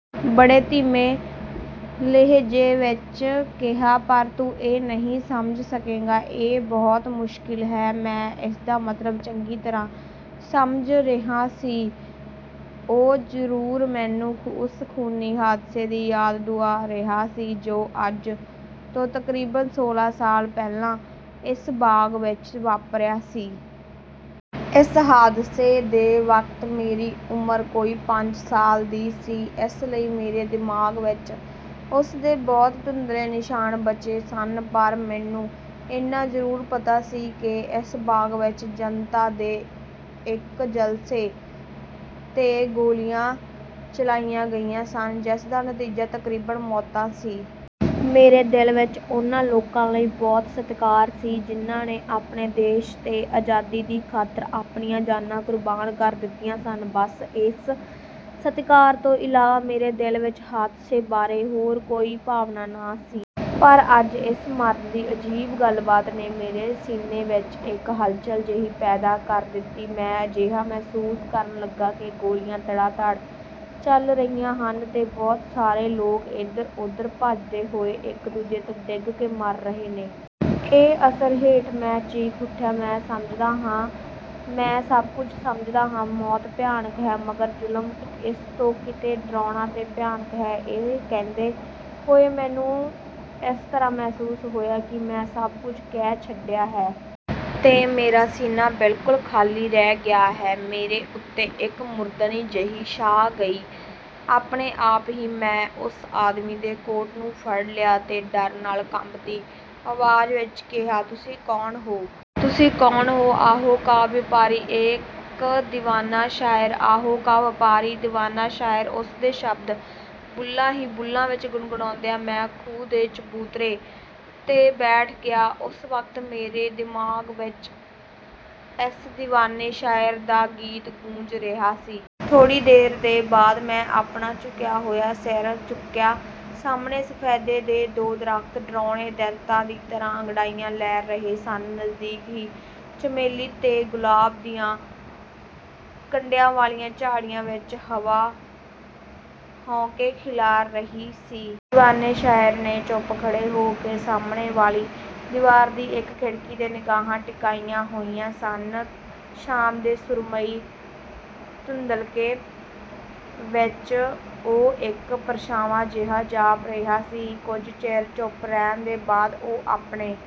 ਬੜੇ ਧੀਮੇ ਲਹਿਜੇ ਵਿਚ ਕਿਹਾ, ਪਰ ਤੂੰ ਇਹ ਨਹੀਂ ਸਮਝ ਸਕੇਂਗਾ, ਇਹ ਬਹੁਤ ਮੁਸ਼ਕਿਲ ਹੈ। ਮੈਂ ਇਸਦਾ ਮਤਲਬ ਚੰਗੀ ਤਰ੍ਹਾਂ ਸਮਝ ਰਿਹਾ ਸੀ। ਉਹ ਜ਼ਰੂਰ ਮੈਨੂੰ ਉਸ ਖੂਨੀ ਹਾਦਸੇ ਦੀ ਯਾਦ ਦੁਆ ਰਿਹਾ ਸੀ ਜੋ ਅੱਜ ਤੋਂ ਤਕਰੀਬਨ ਸੋਲ੍ਹਾਂ ਸਾਲ ਪਹਿਲਾਂ ਇਸ ਬਾਗ਼ ਵਿਚ ਵਾਪਰਿਆ ਸੀ। ਇਸ ਹਾਦਸੇ ਦੇ ਵਕਤ ਮੇਰੀ ਉਮਰ ਕੋਈ ਪੰਜ ਸਾਲ ਦੀ ਸੀ। ਇਸ ਲਈ ਮੇਰੇ ਦਿਮਾਗ਼ ਵਿਚ ਉਸ ਦੇ ਬਹੁਤ ਧੁੰਦਲੇ ਨਿਸ਼ਾਨ ਬਚੇ ਸਨ। ਪਰ ਮੈਨੂੰ ਇੰਨਾ ਜ਼ਰੂਰ ਪਤਾ ਸੀ ਕਿ ਇਸ ਬਾਗ਼ ਵਿਚ ਜਨਤਾ ਦੇ ਇਕ ਜਲਸੇ ’ਤੇ ਗੋਲੀਆਂ ਚਲਾਈਆਂ ਗਈਆਂ ਸਨ, ਜਿਸ ਦਾ ਨਤੀਜਾ ਤਕਰੀਬਨ ਮੌਤਾਂ ਸੀ। ਮੇਰੇ ਦਿਲ ਵਿਚ ਉਨ੍ਹਾਂ ਲੋਕਾਂ ਲਈ ਬਹੁਤ ਸਤਿਕਾਰ ਸੀ ਜਿਨ੍ਹਾਂ ਨੇ ਆਪਣੇ ਦੇਸ਼ ਤੇ ਆਜ਼ਾਦੀ ਦੀ ਖਾਤਰ ਆਪਣੀਆਂ ਜਾਨਾਂ ਕੁਰਬਾਨ ਕਰ ਦਿੱਤੀਆਂ ਸਨ। ਬੱਸ ਇਸ ਸਤਿਕਾਰ ਤੋਂ ਇਲਾਵਾ ਮੇਰੇ ਦਿਲ ਵਿਚ ਹਾਦਸੇ ਬਾਰੇ ਹੋਰ ਕੋਈ ਭਾਵਨਾ ਨਾ ਸੀ। ਪਰ ਅੱਜ ਇਸ ਮਰਦ ਦੀ ਅਜੀਬ ਗੱਲਬਾਤ ਨੇ ਮੇਰੇ ਸੀਨੇ ਵਿਚ ਇੱਕ ਹਲਚਲ ਜਿਹੀ ਪੈਦਾ ਕਰ ਦਿੱਤੀ। ਮੈਂ ਅਜਿਹਾ ਮਹਿਸੂਸ ਕਰਨ ਲੱਗਾ ਕਿ ਗੋਲੀਆਂ ਤੜਾਤੜ ਚੱਲ ਰਹੀਆਂ ਹਨ ਤੇ ਬਹੁਤ ਸਾਰੇ ਲੋਕ ਏਧਰ-ਓਧਰ ਭੱਜਦੇ ਹੋਏ ਇੱਕ ਦੂਜੇ ’ਤੇ ਡਿੱਗ ਕੇ ਮਰ ਰਹੇ ਨੇ। ਇਸ ਅਸਰ ਹੇਠ ਮੈਂ ਚੀਖ ਉੱਠਿਆ। ਮੈਂ ਸਮਝਦਾ ਹਾਂ, ਮੈਂ ਸਭ ਕੁਝ ਸਮਝਦਾ ਹਾਂ। ਮੌਤ ਭਿਆਨਕ ਹੈ। ਮਗਰ ਜ਼ੁਲਮ ਇਸ ਤੋਂ ਕਿਤੇ ਡਰਾਉਣਾ ਤੇ ਭਿਆਨਕ ਹੈ। ਇਹ ਕਹਿੰਦੇ ਹੋਏ ਮੈਨੂੰ ਇਸ ਤਰ੍ਹਾਂ ਮਹਿਸੂਸ ਹੋਇਆ ਕਿ ਮੈਂ ਸਭ ਕੁਝ ਕਹਿ ਛੱਡਿਆ ਹੈ। ਤੇ ਮੇਰਾ ਸੀਨਾ ਬਿਲਕੁਲ ਖਾਲੀ ਰਹਿ ਗਿਆ ਹੈ। ਮੇਰੇ ਉੱਤੇ ਇੱਕ ਮੁਰਦਨੀ ਜਿਹੀ ਛਾ ਗਈ। ਆਪਣੇ ਆਪ ਹੀ ਮੈਂ ਉਸ ਆਦਮੀ ਦੇ ਕੋਟ ਨੂੰ ਫੜ ਲਿਆ ਤੇ ਡਰ ਨਾਲ ਕੰਬਦੀ ਆਵਾਜ਼ ਵਿਚ ਕਿਹਾ, ਤੁਸੀਂ ਕੌਣ ਹੋ? ਤੁਸੀਂ ਕੌਣ ਹੋ? ਆਹੋਂ ਕਾ ਵਪਾਰੀ, ਇੱਕ ਦੀਵਾਨਾ ਸ਼ਾਇਰ। ਆਹੋਂ ਕਾ ਵਪਾਰੀ! ਦੀਵਾਨਾ ਸ਼ਾਇਰ! ਉਸ ਦੇ ਸ਼ਬਦ ਬੁੱਲ੍ਹਾਂ ਹੀ ਬੁੱਲ੍ਹਾਂ ਵਿਚ ਗੁਣਗੁਣਾਉਂਦਿਆਂ ਮੈਂ ਖੂਹ ਦੇ ਚਬੂਤਰੇ ’ਤੇ ਬੈਠ ਗਿਆ। ਉਸ ਵਕਤ ਮੇਰੇ ਦਿਮਾਗ਼ ਵਿਚ ਇਸ ਦੀਵਾਨੇ ਸ਼ਾਇਰ ਦਾ ਗੀਤ ਗੂੰਜ ਰਿਹਾ ਸੀ। ਥੋੜ੍ਹੀ ਦੇਰ ਦੇ ਬਾਅਦ ਮੈਂ ਆਪਣਾ ਝੁਕਿਆ ਹੋਇਆ ਸਿਰ ਚੁੱਕਿਆ। ਸਾਹਮਣੇ ਸਫ਼ੇਦੇ ਦੇ ਦੋ ਦਰੱਖਤ ਡਰਾਉਣੇ ਦੈਂਤਾਂ ਦੀ ਤਰ੍ਹਾਂ ਅੰਗੜਾਈਆਂ ਲੈ ਰਹੇ ਸਨ। ਨਜ਼ਦੀਕ ਹੀ ਚਮੇਲੀ ਤੇ ਗੁਲਾਬ ਦੀਆਂ ਕੰਡਿਆਂ ਵਾਲੀਆਂ ਝਾੜੀਆਂ ਵਿਚ ਹਵਾ ਹਉਕੇ ਖਿਲਾਰ ਰਹੀ ਸੀ। ਦੀਵਾਨੇ ਸ਼ਾਇਰ ਨੇ ਚੁੱਪ ਖੜ੍ਹੇ ਹੋ ਕੇ ਸਾਹਮਣੇ ਵਾਲੀ ਦੀਵਾਰ ਦੀ ਇੱਕ ਖਿੜਕੀ ’ਤੇ ਨਿਗਾਹਾਂ ਟਿਕਾਈਆਂ ਹੋਈਆਂ ਸਨ। ਸ਼ਾਮ ਦੇ ਸੁਰਮਈ ਧੁੰਦਲਕੇ ਵਿਚ ਉਹ ਇੱਕ ਪਰਛਾਵਾਂ ਜਿਹਾ ਜਾਪ ਰਿਹਾ ਸੀ। ਕੁਝ ਚਿਰ ਚੁੱਪ ਰਹਿਣ ਦੇ ਬਾਅਦ ਉਹ ਆਪਣੇ